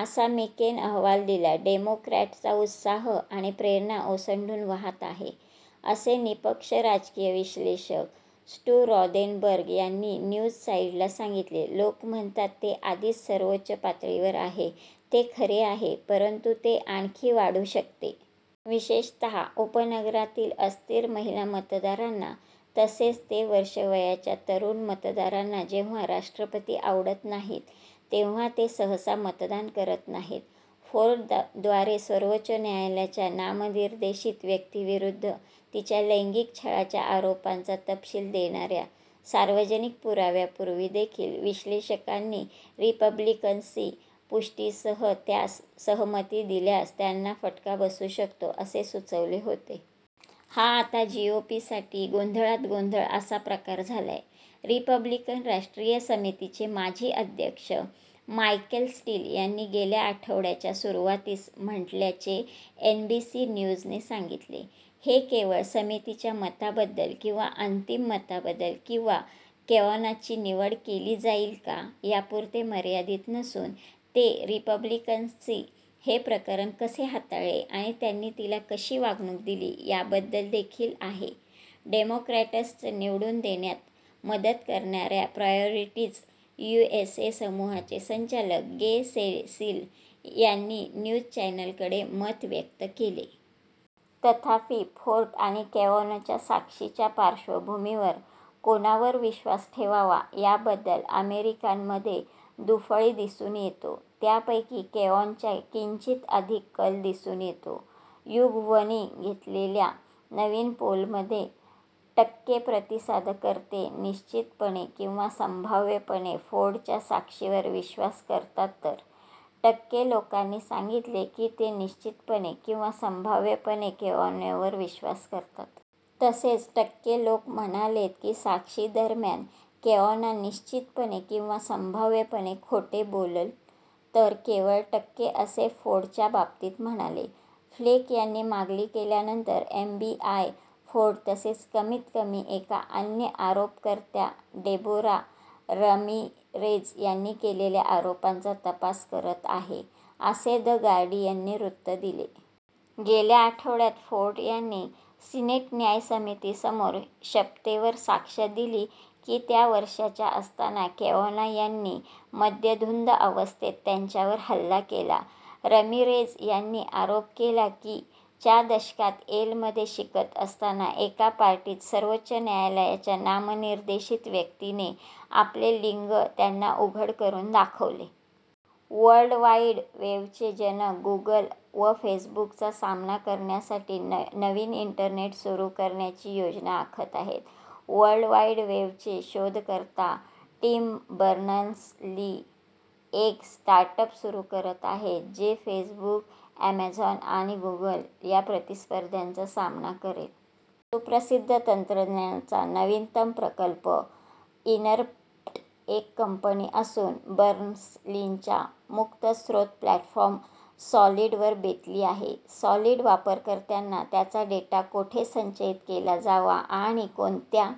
असा मिकने अहवाल दिला. "डेमॉक्रॅटचा उत्साह आणि प्रेरणा ओसंडून वाहत आहे," असे निष्पक्ष राजकीय विश्लेषक, स्टु रॉदेनबर्ग यांनी न्यूज साइटला सांगितले. "लोक म्हणतात ते आधीच सर्वोच्च पातळीवर आहे; ते खरे आहे. परंतु ते आणखी वाढू शकते. विशेषतः उपनगरातील अस्थिर महिला मतदारांना, तसेच ते -वर्षे-वयाच्या तरुण मतदारांना जेव्हा राष्ट्रपती आवडत नाहीत, तेव्हा ते सहसा मतदान करत नाहीत. " फोर्डद्वारा सर्वोच्च न्यायालयाच्या नामनिर्देशित व्यक्तीविरुद्ध तिच्या लैंगिक छळाच्या आरोपांचा तपशील देणाऱ्या सार्वजनिक पुराव्यापूर्वी देखील, विश्लेषकांनी रिपब्लिकन्सनी पुष्टीसह त्यास सहमती दिल्यास त्यांना फटका बसू शकतो असे सुचवले होते. "हा आता जीओपीसाठी गोंधळात गोंधळ असा प्रकार झालाय," रिपब्लिकन राष्ट्रीय समितीचे माजी अध्यक्ष, मायकेल स्टील यांनी गेल्या आठवड्याच्या सुरुवातीस म्हटल्याचे एनबीसी न्यूजने सांगितले. "हे केवळ समितीच्या मताबद्दल किंवा अंतिम मताबद्दल किंवा कॅवानॉची निवड केली जाईल का यापुरते मर्यादित नसून, ते रिपब्लिकन्सनी हे प्रकरण कसे हाताळले आणि त्यांनी तिला कशी वागणूक दिली याबद्दल देखील आहे," डेमॉक्रॅट्सना निवडून देण्यात मदत करणाऱ्या प्रायॉरिटिज युएसए समूहाचे संचालक, गे सेसिल यांनी न्यूज चॅनेलकडे मत व्यक्त केले. तथापि, फोर्ड आणि कॅवानॉच्या साक्षींच्या पार्श्वभूमीवर, कोणावर विश्वास ठेवावा याबद्दल अमेरिकनांमध्ये दुफळी दिसून येतो, त्यापैकी कॅवानॉच्या किंचित अधिक कल दिसून येतो. युगव्हनी घेतलेल्या नवीन पोलमध्ये टक्के प्रतिसादकर्ते निश्चितपणे किंवा संभाव्यपणे फोर्डच्या साक्षीवर विश्वास करतात तर, टक्के लोकांनी सांगितले की ते निश्चितपणे किंवा संभाव्यपणे कॅवानॉवर विश्वास करतात. तसेच, टक्के लोक म्हणालेत की साक्षीदरम्यान कॅवानॉ निश्चितपणे किंवा संभाव्यपणे खोटे बोलले तर, केवळ टक्के असे फोर्डच्या बाबतीत म्हणाले. फ्लेक यांनी मागणी केल्यानंतर, एफबीआय फोर्ड तसेच कमीत कमी एका अन्य आरोपकर्त्या डेबोरा रामिरेझ यांनी केलेल्या आरोपांचा तपास करत आहे, असे द गार्डियनने वृत्त दिले. गेल्या आठवड्यात फोर्ड यांनी सिनेट न्याय समितीसमोर शपथेवर साक्ष दिली की त्या वर्षांच्या असताना कॅवानॉ यांनी मद्यधुंद अवस्थेत त्यांच्यावर हल्ला केला. रामिरेझ यांनी आरोप केला की च्या दशकात येलमध्ये शिकत असताना एका पार्टीत सर्वोच्च न्यायालयाच्या नामनिर्देशित व्यक्तीने आपले लिंग त्यांना उघड करून दाखवले. वर्ल्ड वाइड वेबचे जनक गुगल व फेसबुकचा सामना करण्यासाठी नवीन इंटरनेट सुरु करण्याची योजना आखत आहेत वर्ल्ड वाइड वेबचे शोधकर्ता टिम बर्नर्स-ली एक स्टार्टअप सुरु करत आहे जे फेसबुक, अॅमेझॉन आणि गुगल या प्रतिस्पर्ध्यांचा सामना करेल. सुप्रसिद्ध तंत्रज्ञाचा नवीनतम प्रकल्प, 'इनरप्ट', एक कंपनी असून बर्नर्स-लीच्या मुक्त स्रोत प्लॅटफॉर्म 'सॉलिड' वर बेतली आहे. सॉलिड वापरकर्त्यांना त्यांचा डेटा कोठे संचयित केला जावा आणि कोणत्या